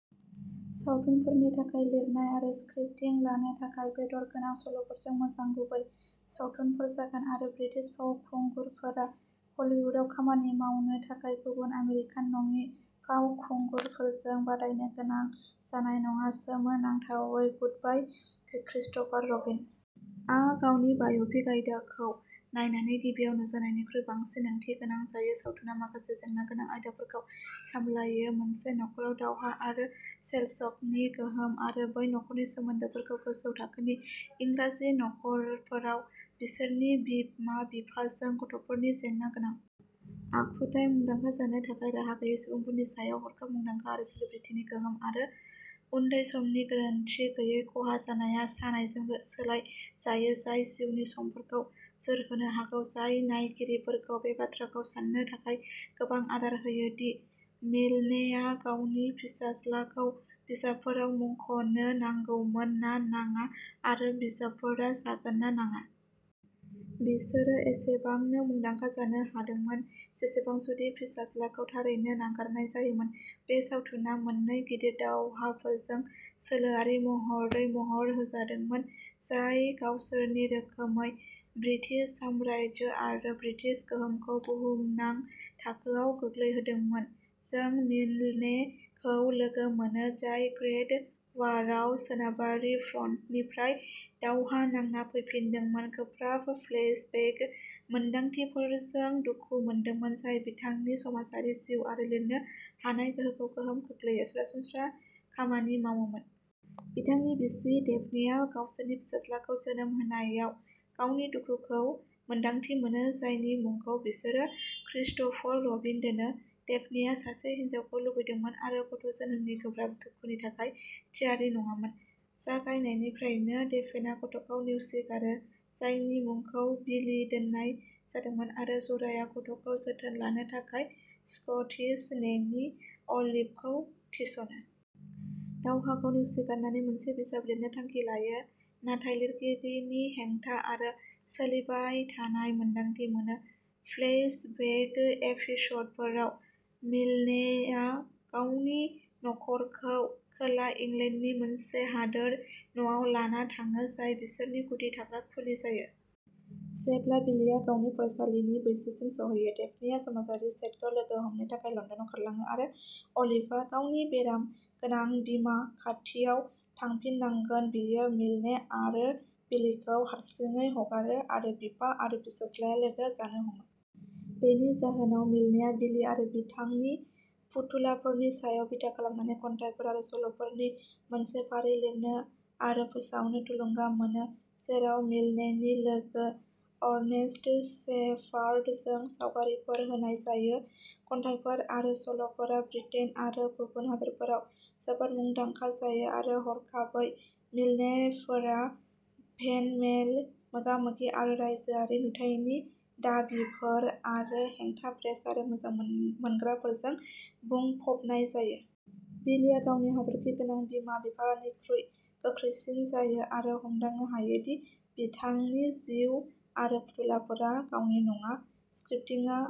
सावथुनफोरनि थाखाय लिरनाय आरो स्क्रिप्टिं लानो थाखाय, बेदर गोनां सल'फोरजों मोजां गुबै सावथुनफोर जागोन आरो ब्रिटिश फावखुंगुरफोरा हलिउदाव खामानि मावनो थाखाय गुबुन आमेरिकान नङि फावखुंगुरफोरजों बादायनो गोनां जानाय नङा। सोमोनांथावै, गुडबाय क्रिस्ट'फर रबिन आ गावनि बाय'पिक आयदाखौ नायनानै गिबियाव नुजानायनिख्रुइ बांसिन ओंथिगोनां जायो सावथुना माखासे जेंनागोनां आयदाफोरखौ सामलायो मोनसे नख'राव दावहा आरो सेलश'कनि गोहोम आरो बै नख'रनि सोमोन्दोफोर गोजौ थाखोनि इंराजि नखरफोराव बिसोरनि बिमा-बिफाजों गथ'फोरनि जेंनागोनां आखुथाय मुंदांखा जानो थाखाय राहा गैयै सुबुंफोरनि सायाव हरखाब मुंदांखा आरो सेलिब्रिटिनि गोहोम आरो उन्दै समनि गोरोनथि गैयै खहा जानाया सानायजों सोलाय जायो जाय जिउनि समफोरखौ जोरहोनो हागौ जाय नायगिरिफोरखौ बे बाथ्राखौ सान्नो थाखाय गोबां आदार होयो दि मिल्नेआ गावनि फिसाज्लाखौ बिजाबफोराव मुंख'नो नांगौमोन ना नाङा आरो बिजाबफोरा जागोन ना नाङा। बिसोरो एसेबांनो मुंदांखा जानो हादोंमोन जेसेबां जुदि फिसाज्लाखौ थारैनो नागारनाय जायोमोन। बे सावथुना मोननै गिदिर दावहाफोरजों सोलोआरि महरै महर होजादोंमोन, जाय गावसोरनि रोखोमै ब्रिटिश साम्रायजो आरो ब्रिटिश गोहोमखौ बुहुमनां थाखोआव गोग्लैहोदोंमोन। जों मिल्ने खौ लोगो मोनो, जाय ग्रेट वारआव सोनाबारि फ्रन्टनिफ्राय दावहा नांना फैफिनदोंमोन, गोब्राब फ्लेश बेक मोनदांथिफोरजों दुखु मोनदोंमोन जाय बिथांनि समाजारि जिउ आरो लिरनो हानाय गोहोखौ गोहोम खोख्लैयो, सरासनस्रा खामानि मावोमोन। बिथांनि बिसि डेफने आ गावसोरनि फिसाज्लाखौ जोनोम होनायाव गावनि दुखुखौ मोन्दांथि मोनो, जायनि मुंखौ बिसोरो क्रिस्ट'फर रबिन दोनो डेफनेआ सासे हिनजावखौ लुबैदोंमोन आरो गथ' जोनोमनि गोब्राब दुखुनि थाखाय थियारि नङामोन। जागायनायनिफ्रायनो डेफनेआ गथ'खौ नेवसिगारो, जायनि मुंखौ बिलि दोननाय जादोंमोन आरो जराया गथ'खौ जोथोन लानो थाखाय स्कटिस नेनी अलिभ खौ थिसनो। दावहाखौ नेवसिगारनानै मोनसे बिजाब लिरनो थांखि लायो, नाथाय लिरगिरिनि हेंथा आरो सोलिबाय थानाय मोन्दांथि मोनो। फ्लैश बेक एपिस'डफोराव, मिल्नेआ गावनि नखरखौ खोला इंलेन्डनि मोनसे हादोर न'आव लाना थाङो, जाय बिसोरनि गुदि थाग्रा खुलि जायो। जेब्ला बिलीया गुदि फरायसालिनि बैसोसिम सौहैयो, डेफनेआ समाजारि सेटखौ लोगो हमनो थाखाय लन्दनाव खारलाङो आरो अलिभआ गावनि बेराम गोनां बिमानि खाथियाव थांफिननांगोन बेयो मिल्ने आरो बिलीखौ हारसिङै हगारो आरो बिफा आरो फिसाज्लाया लोगो जानो हमो। बेनि जाहोनाव मिल्नेआ बिली आरो बिथांनि फुथुलाफोरनि सायाव बिथा खालामनानै खन्थाइफोर आरो सल'फोरनि मोनसे फारि लिरनो आरो फोसावनो थुलुंगा मोनो, जेराव मिल्नेनि लोगो आर्नेस्ट शेपार्ड जों सावगारिफोर होनाय जायो। खन्थाइफोर आरो सल'फोरा ब्रिटेन आरो गुबुन हादोरफोराव जोबोद मुंदांखा जायो आरो हरखाबै मिल्नेफोरा फेन मेल, मोगा-मोगि आरो रायजोआरि नुथायनि दाबिफोर आरो हेंथा प्रेस आरो मोजां मोन मोनग्राफोरजों बुंफबनाय जायो। बिलीया गावनि हाथरखि गोनां बिमा-बिफाफोरनिख्रुइ गोख्रैसिन जायो आरो हमदांनो हायो दि बिथांनि जिउ आरो फुथुलाफोरा गावनि नङा। स्क्रिप्टिंआ